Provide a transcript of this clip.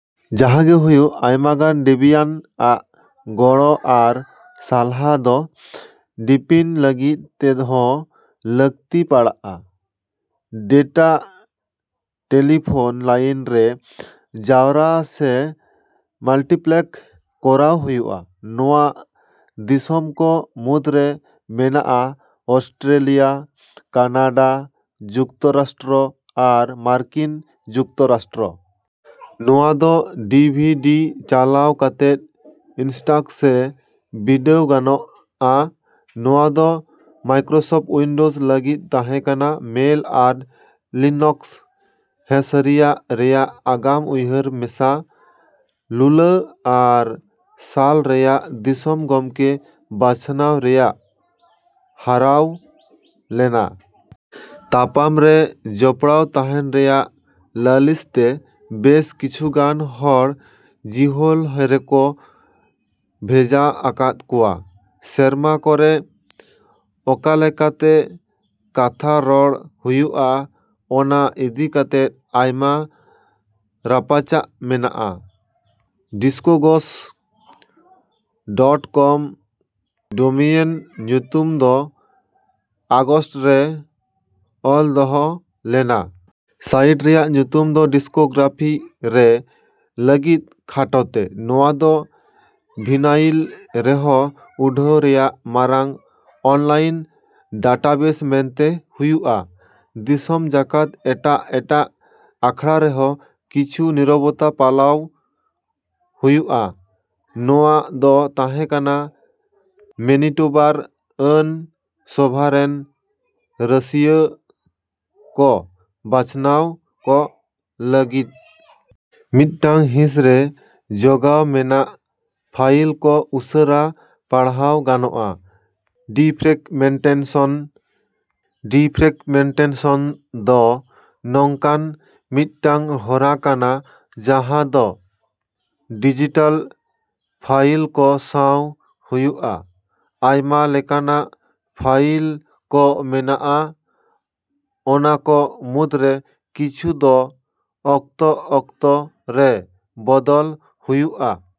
ᱡᱟᱦᱟᱜᱮ ᱦᱩᱭᱩᱜ, ᱟᱭᱢᱟᱜᱟᱱ ᱰᱮᱵᱤᱭᱟᱱ ᱟᱜ ᱜᱚᱲᱚ ᱟᱨ ᱥᱟᱞᱦᱟ ᱫᱚ ᱰᱤᱯᱤᱱ ᱞᱟᱹᱜᱤᱫ ᱛᱮᱦᱚᱸ ᱞᱟᱹᱜᱛᱤ ᱯᱟᱲᱟᱜᱼᱟ᱾ ᱰᱮᱴᱟ ᱴᱮᱞᱤᱯᱷᱳᱱ ᱞᱟᱹᱭᱤᱱ ᱨᱮ ᱡᱟᱣᱨᱟ ᱥᱮ ᱢᱟᱞᱴᱤᱯᱞᱮᱠᱥ ᱠᱚᱨᱟᱣ ᱦᱩᱭᱩᱜᱼᱟ᱾ ᱱᱚᱶᱟ ᱫᱤᱥᱚᱢ ᱠᱚ ᱢᱩᱫᱨᱮ ᱢᱮᱱᱟᱜᱼᱟ ᱚᱥᱴᱨᱮᱞᱤᱭᱟ, ᱠᱟᱱᱟᱰᱟ, ᱡᱩᱠᱛᱚᱨᱟᱥᱴᱨᱚ ᱟᱨ ᱢᱟᱨᱠᱤᱱ ᱡᱩᱠᱛᱚᱨᱟᱥᱴᱨᱚ᱾ ᱱᱚᱣᱟ ᱫᱚ ᱰᱤ ᱵᱷᱤ ᱰᱤ ᱪᱟᱞᱟᱣ ᱠᱟᱛᱮᱫ ᱤᱱᱥᱴᱚᱠ ᱥᱮ ᱵᱤᱰᱟᱹᱣ ᱜᱟᱱᱚᱜᱼᱟ᱾ ᱱᱚᱶᱟ ᱫᱚ ᱢᱟᱭᱠᱨᱳᱥᱚᱯᱷᱴ ᱩᱭᱤᱱᱰᱳᱡ ᱞᱟᱹᱜᱤᱫ ᱛᱟᱦᱮᱸ ᱠᱟᱱᱟ, ᱢᱮᱹᱠ ᱟᱨ ᱞᱤᱱᱟᱠᱥ ᱦᱮᱸᱥᱟᱹᱨᱤᱭᱟᱜ ᱨᱮᱭᱟᱜ ᱟᱜᱟᱢ ᱩᱭᱦᱟᱹᱨ ᱢᱮᱥᱟ᱾ ᱞᱩᱞᱟ, ᱟᱨ ᱥᱟᱞ ᱨᱮᱭᱟᱜ ᱫᱤᱥᱚᱢ ᱜᱚᱝᱠᱮ ᱵᱟᱪᱷᱱᱟᱣ ᱨᱮᱭ ᱦᱟᱨᱟᱣ ᱞᱮᱱᱟ᱾ ᱛᱟᱯᱟᱢ ᱨᱮ ᱡᱚᱯᱲᱟᱣ ᱛᱟᱱᱮᱱ ᱨᱮᱭᱟᱜ ᱞᱟᱹᱞᱤᱥ ᱛᱮ ᱵᱮᱥ ᱠᱤᱪᱷᱩᱜᱟᱱ ᱦᱚᱲ ᱡᱤᱦᱚᱞ ᱨᱮᱠᱚ ᱵᱷᱮᱡᱟ ᱟᱠᱟᱫ ᱠᱚᱣᱟ᱾ ᱥᱮᱨᱢᱟ ᱠᱚᱨᱮ ᱚᱠᱟᱞᱮᱠᱟᱛᱮ ᱠᱟᱛᱷᱟ ᱨᱚᱲ ᱦᱩᱭᱩᱜᱼᱟ ᱚᱱᱟ ᱤᱫᱤ ᱠᱟᱛᱮ ᱟᱭᱢᱟ ᱨᱟᱯᱟᱪᱟᱜ ᱢᱮᱱᱟᱜᱼᱟ᱾ ᱰᱤᱥᱠᱳᱜᱚᱥ ᱰᱚᱴ ᱠᱚᱢ ᱰᱳᱢᱮᱭᱤᱱ ᱧᱩᱛᱩᱢ ᱫᱚ ᱟᱜᱚᱥᱴ ᱨᱮ ᱚᱞᱫᱚᱦᱚ ᱞᱮᱱᱟ᱾ ᱥᱟᱭᱤᱴ ᱨᱮᱭᱟᱜ ᱧᱩᱛᱩᱢ ᱫᱚ ᱰᱤᱥᱠᱳᱜᱨᱟᱯᱷᱤ ᱨᱮ ᱞᱟᱹᱜᱤᱫ ᱠᱷᱟᱴᱚᱛᱮ᱾ ᱱᱚᱶᱟ ᱫᱚ ᱵᱷᱤᱱᱟᱭᱤᱞ ᱨᱮᱦᱚᱸ ᱩᱰᱷᱟᱹᱣ ᱨᱮᱭᱟᱜ ᱢᱟᱨᱟᱝ ᱚᱱᱞᱟᱭᱤᱱ ᱰᱟᱴᱟᱵᱮᱥ ᱢᱮᱱᱛᱮ ᱦᱩᱭᱩᱜᱼᱟ᱾ ᱫᱤᱥᱚᱢ ᱡᱟᱠᱟᱛ ᱮᱴᱟᱜ ᱮᱴᱟᱜ ᱟᱠᱷᱲᱟᱨᱮᱦᱚᱸ ᱠᱤᱪᱷᱩ ᱱᱤᱨᱚᱵᱚᱛᱟ ᱯᱟᱞᱟᱣ ᱦᱩᱭᱩᱜᱼᱟ᱾ ᱱᱚᱶᱟ ᱫᱚ ᱛᱟᱦᱮᱸ ᱠᱟᱱᱟ ᱢᱮᱹᱱᱤᱴᱳᱵᱟᱨ ᱟᱹᱱ ᱥᱚᱵᱷᱟ ᱨᱮᱱ ᱨᱟᱹᱥᱭᱟᱹ ᱠᱚ ᱵᱟᱪᱷᱱᱟᱣ ᱠᱚ ᱞᱟᱹᱜᱤᱫ᱾ ᱢᱤᱫᱴᱟᱝ ᱦᱤᱸᱥᱨᱮ ᱡᱚᱜᱟᱣ ᱢᱮᱱᱟᱜ ᱯᱷᱟᱭᱤᱞ ᱠᱚ ᱩᱥᱟᱹᱨᱟ ᱯᱟᱬᱦᱟᱣ ᱜᱟᱱᱚᱜᱼᱟ᱾ ᱰᱤᱯᱷᱨᱮᱜᱢᱮᱱᱴᱮᱥᱚᱱ ᱰᱤᱯᱷᱨᱮᱜᱢᱮᱱᱴᱮᱥᱚᱱ ᱫᱚ ᱱᱚᱝᱠᱟᱱ ᱢᱤᱫᱴᱟᱝ ᱦᱚᱨᱟ ᱠᱟᱱᱟ ᱡᱟᱦᱟ ᱫᱚ ᱰᱤᱡᱤᱴᱟᱞ ᱯᱷᱟᱭᱤᱞ ᱠᱚ ᱥᱟᱣ ᱦᱩᱭᱩᱜᱼᱟ᱾ ᱟᱭᱢᱟ ᱞᱮᱠᱟᱱᱟᱜ ᱯᱷᱟᱭᱤᱞ ᱠᱚ ᱢᱮᱱᱟᱜᱼᱟ, ᱚᱱᱟ ᱠᱚ ᱢᱩᱫᱨᱮ ᱠᱤᱪᱷᱩ ᱫᱚ ᱚᱠᱛᱚ ᱚᱠᱛᱚ ᱨᱮ ᱵᱚᱫᱚᱞ ᱦᱩᱭᱩᱜᱼᱟ᱾